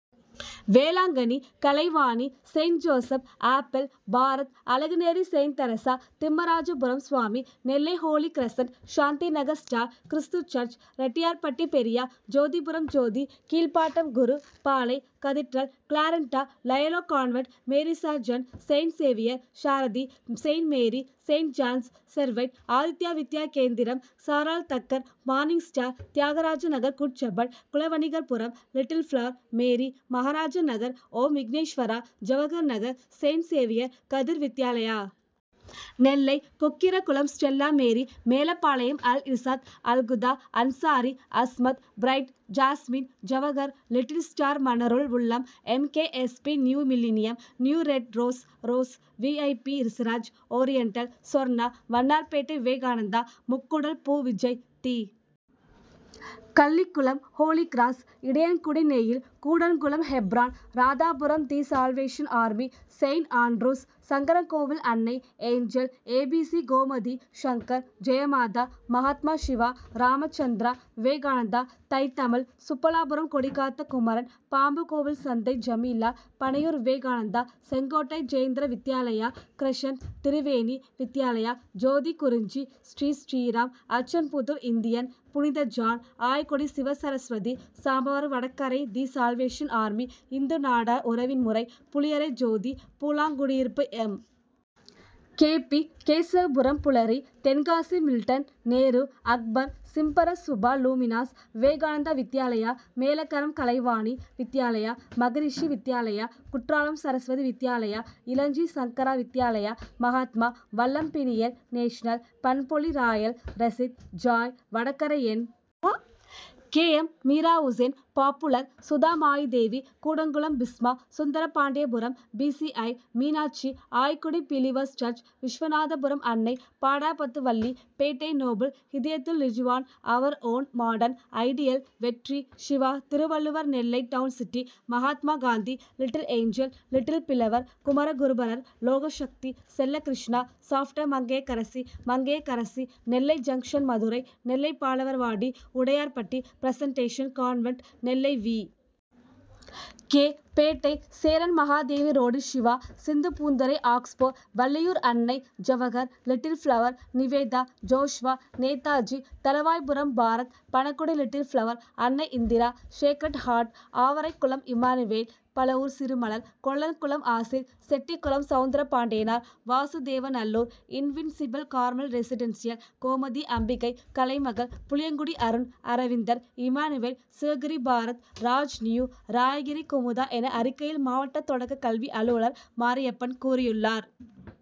Velankanni, Kalaivani, saint Joseph, apple, Bharat, Azhaganeri saint Teresa, Thimmarajapuram Swami, Nellai holy crescent, Shanthinagar star, கிருஸ்து church, Rettiyarpatti Periya, Jothipuram Jothi, Keezhapattam Guru, Palai., cathedral, Clarinda, Loyola convent, Mary Sargent, saint Xavier, Sarathi, saint Mary, saint John's, Servite, Aditya Vidya Kendram, சாராள் Tucker, morning star, Thiyagarajanagar good shepherd, Kulavanigarpuram little flower, Mary, Maharajanagar Om Vigneswara, Jawaharnagar saint Xavier, Kathir Vidyalaya. Nellai Kokkirakulam Stella Mary, Melapalayam Al Irshad, Alhuda, Ansari, Asmath, bright, jasmine, Jawahar, little star, Manarul Ulum, M. K. S. P., new millennium, new red rose, rose, V. I. P., Siraj oriental, Sorna, Vannarpettai Vivekananda, Mukkudal பூ விஜய், தி. Kallikulam holy cross, Idaiyankudi Neil, Koodankulam Hebron, Radhapuram the salvation army, saint Andrew's. Sankarankovil Annai, angel, A. B. C., Gomathi Shankar, Jaya Matha, Mahatma, Siva, Ramachandra, Vivekananda, Thai Tamil, Subbalapuram Kodikatha Kumaran, Pambukovilsanthai Jameela, Panaiyur Vivekananda, Sengottai Jayendra Vidyalaya, crescent, Triveni Vidyalaya, Jothi Kurinji, Sri, Sriram, Achanpudur Indian, புனித John, Aykudi Sivasaraswathi, Sambavarvadakarai the salvation army, Hindu Nadar உறவின் முறை, Puliyarai Jothi, Poolankudiyiruppu M. K. P., Kesavapuram Pulari. Tenkasi Milton, Nehru, Akbar, சிம்பர Subha Luminous, Vivekananda Vidyalaya, Melagaram Kalaivani Vidyalaya, Maharishi Vidyalaya, Courtallam Saraswathi Vidyalaya, Ilanji Sankara Vidyalaya, Mahatma, Vallam Peniel, national, Panpozhi royal, ரெசித், Joy, Vadakarai N. K. M. Meera Hussain, popular, Sudha Mayi Devi, Koodankulam Bisma, Sundarapandiapuram P. C. I., Meenakshi, Aykudi believers church, Viswanathapuram Annai, Pattapathu Valli. Pettai noble, Hidayathul லிச்சுவான், our own modern, ideal, Vetri, Siva, Thiruvalluvar, Nellai town city, Mahatma Gandhi, little angel, little flower, Kumaraguruparar, Lokasakthi, Chellakrishna, Schaffter, Mangaiyarkarasi, Mangaiyarkarasi, Nellai junction Madurai, Nellai Balarvadi, Udayarpatti presentation convent, Nellai V. K., Pettai Cheranmahadevi road Siva, Sindhupoonthurai ஆக்ஸ்போ, Valliyur Annai, Jawahar, little flower, Nivetha, Joshua, Netaji. Thalavaipuram Bharath, Panagudi little flower, Annai Indira, sacred heart, Avaraikulam Immanuel, Pazhavoor சிறுமலர், Kollankulam Aseer, Chettikulam Soundarapandianar, Vasudevanallur invincible, Carmel residential, Gomathi Ambigai, Kalaimagal, Puliyangudi Arun, Aravindar, Immanuel, Sivagiri Bharat, Raj new, Rayagiri Kumudha என அறிக்கையில் மாவட்ட தொடக்கக்கல்வி அலுவலர் மாரியப்பன் கூறியுள்ளார்.